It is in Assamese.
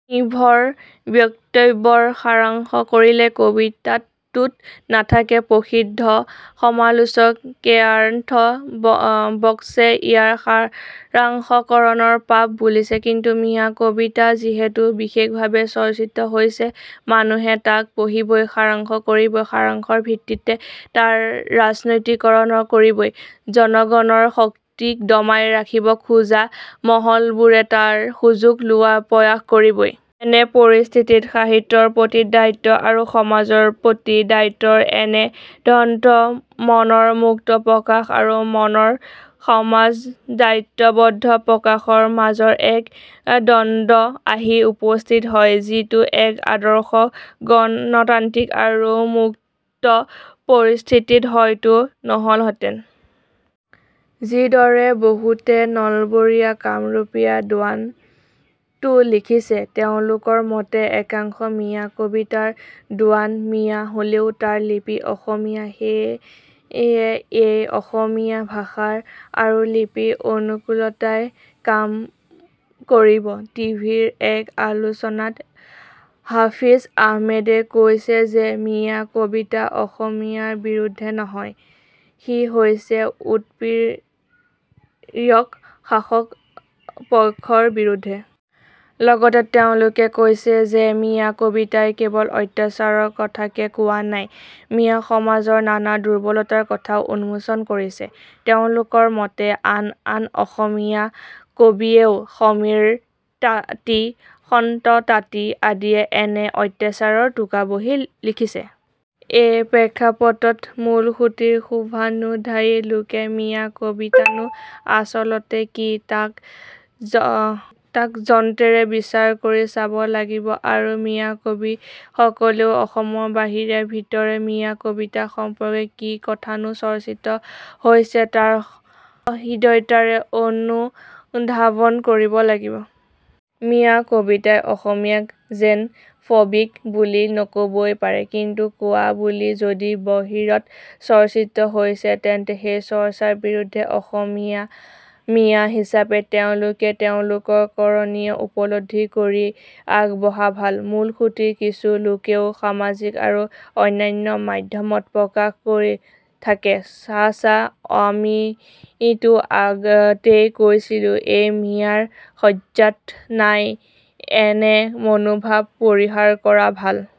নিৰ্ভৰ বক্তব্যৰ সাৰাংশ কৰিলে কবিতাটো নাথাকে। প্ৰসিদ্ধ সমালোচক কেয়ান্থ্ ব্ৰকছে ইয়াকে সাৰাংশকৰণৰ পাপ বুলিছে। কিন্তু মিঞা কবিতা যিহেতু বিশেষভাৱে চৰ্চিত হৈছে মানুহে তাক পঢ়িবই, সাৰাংশ কৰিবই, সাৰাংশৰ ভিত্তিতে তাৰ ৰাজনৈতিকৰণ কৰিবই, জনগণৰ শক্তিক দমাই ৰাখিব খোজা মহলবোৰে তাৰ সুযোগ লোৱাৰ প্ৰয়াস কৰিবই। এনে পৰিস্থিতিত সাহিত্যৰ প্ৰতি দায়িত্ব আৰু সমাজৰ প্ৰতি দায়িত্বৰ এনে দ্বন্দ্ব মনৰ মুক্ত প্ৰকাশ আৰু মনৰ সমাজদায়বদ্ধ প্ৰকাশৰ মাজৰ এক দ্বন্দ্ব আহি উপস্থিত হয় যিটো এক আদৰ্শ গণতান্ত্ৰিক আৰু মুক্ত পৰিস্থিতিত হয়তো নহলহেঁতেন। যিদৰে বহুতে নলবৰীয়া কামৰূপীয়া দোৱানতো লিখিছে। তেওঁলোকৰ মতে একাংশ মিঞা কবিতাৰ দোৱান মিঞা হলেও তাৰ লিপি অসমীয়া সেয়ে এ হে ই অসমীয়া ভাষা আৰু লিপিৰ অনুকুলতায়ই কাম কৰিব। টিভিৰ এক আলোচনাত হাফিজ আহমেদে কৈছে যে মিঞা কবিতা অসমীয়াৰ বিৰুদ্ধে নহয় সি হৈছে উৎপীড়ক শাসকপক্ষৰ বিৰুদ্ধে। লগতে তেওঁলোকে কৈছে যে মিঞা কবিতাই কেৱল অত্যাচাৰৰ কথাকে কোৱা নাই মিঞা সমাজৰ নানা দুৰ্বলতাৰ কথাও উন্মোচন কৰিছে। তেওঁলোকৰ মতে আন আন অসমীয়া কবিয়েও সমীৰ তাঁতী, সন্ত তাঁতী আদিয়ে এনে অত্যাচাৰৰ টোকাবহী লিখিছে। এই প্ৰেক্ষাপটত মূলসুঁতিৰ শুভানুধ্যায়ী লোকে মিঞা কবিতানো আচলতে কি তাক যন্তেৰে বিচাৰ কৰি চাব লাগিব আৰু মিঞা কবিসকলেও অসমৰ বাহিৰে ভিতৰে মিঞা কবিতা সম্পৰ্কে কি কথানো চৰ্চিত হৈছে তাক সহৃদয়তাৰে অনুধাৱন কৰিব লাগিব। মিঞা কবিতাই অসমীয়াক জেনফবিক বুলি নকবই পাৰে কিন্তু কোৱা বুলি যদি বহিৰত চৰ্চিত হৈছে তেন্তে সেই চৰ্চাৰ বিৰুদ্ধে অসমীয়া মিঞা হিচাপে তেওঁলোকে তেওঁলোকৰ কৰণীয় উপলব্ধি কৰি আগবঢ়া ভাল। মূলসুঁতিৰ কিছু লোকেও সামাজিক আৰু অন্যান্য মাধ্যমত প্ৰকাশ কৰি থাকে, চা চা আমিতো আগতেই কৈছিলোঁ এই মিঞাৰ সঞ্জাত নাই এনে মনোভাৱ পৰিহাৰ কৰা ভাল।